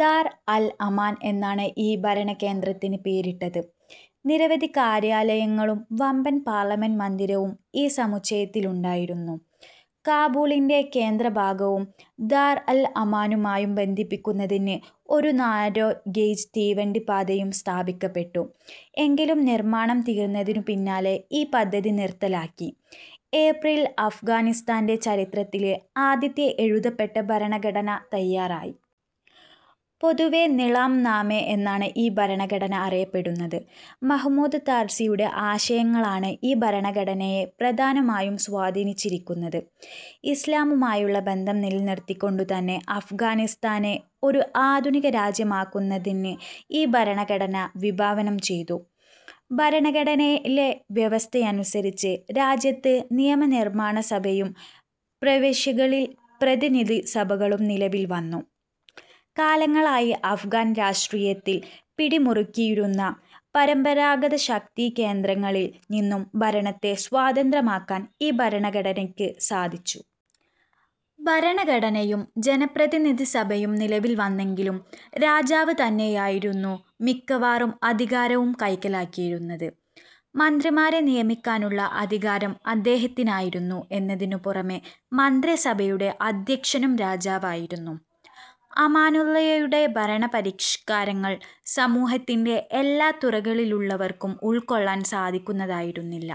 ദാർ അൽ-അമാൻ എന്നാണ് ഈ ഭരണകേന്ദ്രത്തിന് പേരിട്ടത്. നിരവധി കര്യാലയങ്ങളും വമ്പൻ പാർലമെന്റ് മന്ദിരവും ഈ സമുച്ചയത്തിലുണ്ടായിരുന്നു. കാബൂളിന്റെ കേന്ദ്രഭാഗവും ദാർ അൽ അമാനുമായി ബന്ധിപ്പിക്കുന്നതിന് ഒരു നാരോ ഗേജ് തീവണ്ടിപ്പാതയും സ്ഥാപിക്കപ്പെട്ടു. എങ്കിലും നിർമ്മാണം തീർന്നതിനു പിന്നാലെ ഈ പദ്ധതി നിർത്തലാക്കി. ഏപ്രിലിൽ അഫ്ഗാനിസ്താന്റെ ചരിത്രത്തിലെ ആദ്യത്തെ എഴുതപ്പെട്ട ഭരണഘടന തയ്യാറായി. പൊതുവേ നിളാം നാമെ എന്നാണ് ഈ ഭരണഘടന അറിയപ്പെടുന്നത്. മഹ്മൂദ് താർസിയുടെ ആശയങ്ങളാണ് ഈ ഭരണഘടനയെ പ്രധാനമായും സ്വാധീനിച്ചിരിക്കുനന്ത്. ഇസ്ലാമുമായുള്ള ബന്ധം നിലനിർത്തിക്കൊണ്ടുതന്നെ അഫ്ഗാനിസ്താനെ ഒരു ആധുനികരാജ്യമാക്കുന്നതിന് ഈ ഭരണഘടന വിഭാവനം ചെയ്തു. ഭരണഘടനയിലെ വ്യവസ്ഥയനുസരിച്ച് രാജ്യത്ത് നിയമനിർമ്മാണസഭയും, പ്രവിശ്യകളിൽ പ്രതിനിധിസഭകളും നിലവിൽ വന്നു. കാലങ്ങളായി അഫ്ഗാൻ രാഷ്ട്രീയത്തിൽ പിടിമുറുക്കിയിരുന്ന പരമ്പരാഗതശക്തികേന്ദ്രങ്ങളിൽ നിന്നും ഭരണത്തെ സ്വതന്ത്രമാക്കാൻ ഈ ഭരണഘടനക്ക് സാധിച്ചു. ഭരണഘടനയും ജനപ്രതിനിധിസഭയും നിലവിൽ വന്നെങ്കിലും രാജാവ് തന്നെയായിരുന്നു മിക്കവാറും അധികാരവും കൈക്കലാക്കിയിരുന്നത്. മന്ത്രിമാരെ നിയമിക്കാനുള്ള അധികാരം അദ്ദേഹത്തിനായിരുന്നു എന്നതിനു പുറമേ മന്ത്രിസഭയുടെ അദ്ധ്യക്ഷനും രാജാവായിരുന്നു. അമാനുള്ളായുടെ ഭരണപരിഷ്കാരങ്ങൾ സമൂഹത്തിന്റെ എല്ലാ തുറകളിലുള്ളവർക്കും ഉൾക്കൊള്ളാൻ സാധിക്കുന്നതായിരുന്നില്ല.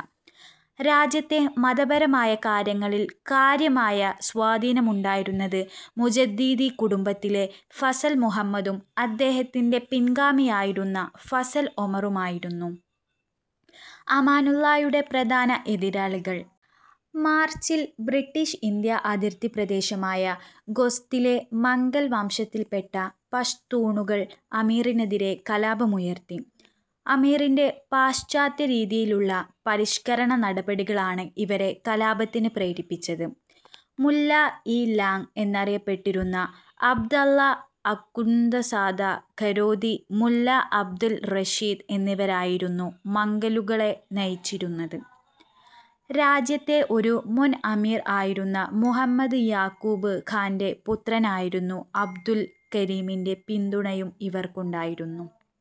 രാജ്യത്തെ മതപരമായ കാര്യങ്ങളിൽ കാര്യമായ സ്വാധീനമുണ്ടായിരുന്ന് മുജദ്ദിദി കുടുംബത്തിലെ ഫസൽ മുഹമ്മദും അദ്ദേഹത്തിന്റെ പിൻഗാമിയായിരുന്ന ഫസൽ ഒമറുമായിരുന്നു അമാനുള്ളായുടെ പ്രധാന എതിരാളികൾ. മാർച്ചിൽ, ബ്രിട്ടീഷ്-ഇന്ത്യ അതിർത്തിപ്രദേശമായ ഖോസ്തിലെ, മംഗൽ വംശത്തിൽപ്പെട്ട പഷ്തൂണുകൾ അമീറിനെതിരെ കലാപമുയർത്തി. അമീറിന്റെ പാശ്ചാത്യരീതിയിലുള്ള പരിഷ്കരണനടപടികളാണ് ഇവരെ കലാപത്തിന് പ്രേരിപ്പിച്ചത്. മുല്ല ഇ ലാങ് എന്നറിയപ്പെട്ടിരുന്ന അബ്ദ് അള്ളാ അഖുന്ദ്സാദാ ഖരോതി, മുല്ല അബ്ദ് അൽ റഷീദ് എന്നിവരായിരുന്നു മംഗലുകളെ നയിച്ചിരുന്നത്. രാജ്യത്തെ ഒരു മുൻ അമീർ ആയിരുന്ന മുഹമ്മദ് യാക്കൂബ് ഖാന്റെ പുത്രനായിരുന്ന അബ്ദ് അൽ കരീമിന്റെ പിന്തുണയും ഇവർക്കുണ്ടായിരുന്നു.